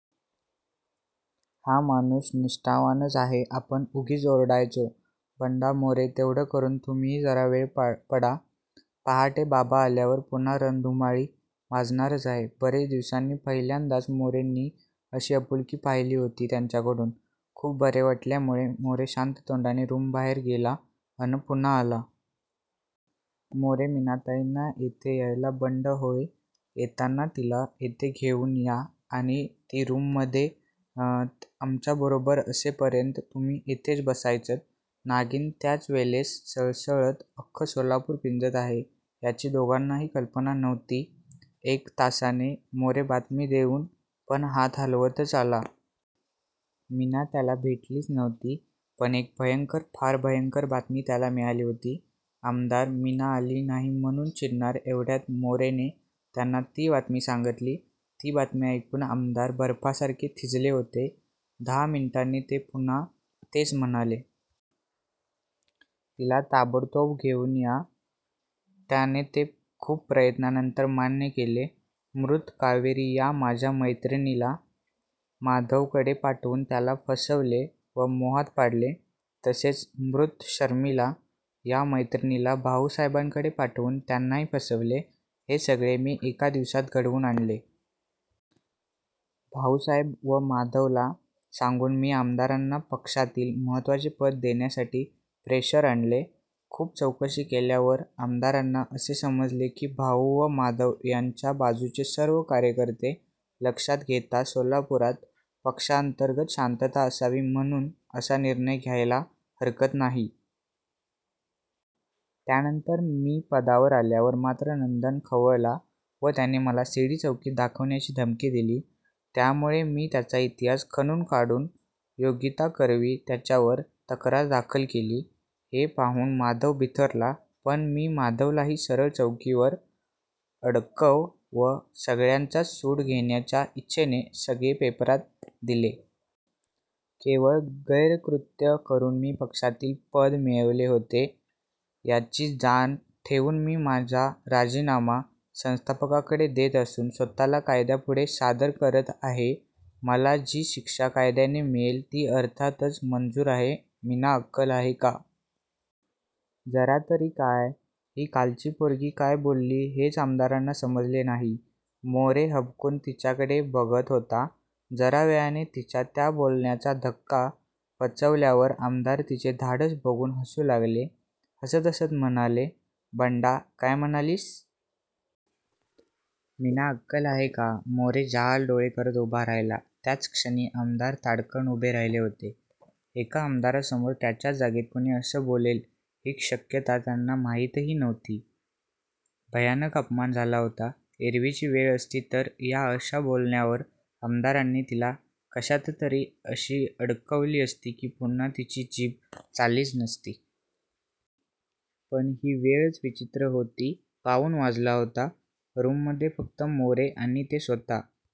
हा माणूस निष्ठावानच आहे. आपण उगीच ओरडायचो. बंडा मोरे, तेवढं करून तुम्हीही जरा वेळ पडा! पहाटे बाबा आल्यावर पुन्हा रणधुमाळी माजणारच आहे. बरेच दिवसांनी पहिल्यांदाच मोरेने अशी आपुलकी पाहिली होती त्यांच्याकडून. खूप बरे वाटल्यामुळे मोरे शांत तोंडाने रूमबाहेर गेला अन पुन्हा आला. मोरे मीनाताईंना... इथे यायला.. बंड होय! येताना तिला इथे घेऊन या आणि ती रूममधे आमच्याबरोबर असेपर्यंत तुम्ही इथेच बसायचंत! नागीण त्याचवेलेस सळसळत अख्खं सोलापूर पिंजत आहे याची दोघांनाही कल्पना नव्हती. एक तासाने मोरे बातमी देऊन, पण हात हलवतच आला. मीना त्याला भेटलीच नव्हती. पण एक भयंकर, फ़ार भयंकर बातमी त्याला मिळाली होती. आमदार मीना आली नाही म्हणून चिडणार एवढ्यात मोरेने त्यांना ती बातमी सांगीतली. ती बातमी ऐकून आमदार बर्फ़ासारखे थिजले होते. दहा मिनिटांनी ते पुन्हा तेच म्हणाले. 'तिला ताबडतोब घेऊन या'! त्याने ते खूप प्रयत्नांनतर मान्य केले. मृत कावेरी या माझ्या मैत्रिणीला माधवकडे पाठवून त्याला फ़सवले व मोहात पाडले. तसेच, मृत शर्मिला या मैत्रिणीला भाऊसाहेबांकडे पाठवून त्यांनाही फ़सवले. हे सगळे मी एका दिवसात घडवून आणले. भाऊसाहेब व माधवला सांगून मी आमदारांना पक्षातील महत्वाचे पद देण्यासाठी प्रेशर आणले. खूप चौकशी केल्यावर आमदारांना असे समजले की भाऊ व माधव यांच्या बाजूचे सर्व कार्यकर्ते लक्षात घेता सोलापुरात पक्षांतर्गत शांतता असावी म्हणून असा निर्णय घ्यायला हरकत नाही. त्यानंतर मी पदावर आल्यावर मात्र नंदन खवळला व त्याने मला सी. डी. चौकीत दाखवण्याची धमकी दिली. त्यामुळे मी त्याचा इतिहास खणून काढून योगिताकरवी त्याच्यावर तक्रार दाखल केली. हे पाहून माधव बिथरला. पण मी माधवलाही सरळ चौकीवर अडकव व सगळ्यांचाच सूड घेण्याच्या इच्छेने सगळे पेपरात दिले. केवळ गैरकृत्ये करून मी पक्षातील पद मिळवले होते. याची जाण ठेवून मी माझा राजीनामा संस्थापकांकडे देत असून स्वत:ला कायद्यापुढे सादर करत आहे. मला जी शिक्षा कायद्याने मिळेल ती अर्थातच मंजूर आहे. मीना अक्कल आहे का? जरा तरी, काय? ही कालची पोरगी काय बोलली हेच आमदारांना समजले नाही. मोरे हबकून तिच्याकडे बघत होता. जरावेळाने तिच्या त्या बोलण्याचा धक्का पचवल्यावर आमदार तिचे धाडस बघून हसू लागले. हसत हसत म्हणाले: बंडा काय म्हणलीस? मीना अक्कल!.आहे का? मोरे जहाल डोळे करत उभा राहिला त्याचक्षणी आमदार ताडकन उभे राहिले होते. एका आमदारासमोर त्याच्याच जागेत कुणी असे बोलेल ही शक्यता त्यांना माहीतही नव्हती. भयानक अपमान झाला होता. एरवीची वेळ असती तर या अशा बोलण्यावर आमदारांनी तिला कशाततरी अशी अडकवली असती की पुन्हा तिची जीभ चाललीच नसती. पण ही वेळच विचित्र होती. पाऊण वाजला होता. रूममधे फ़क्त मोरे आणि ते स्वत: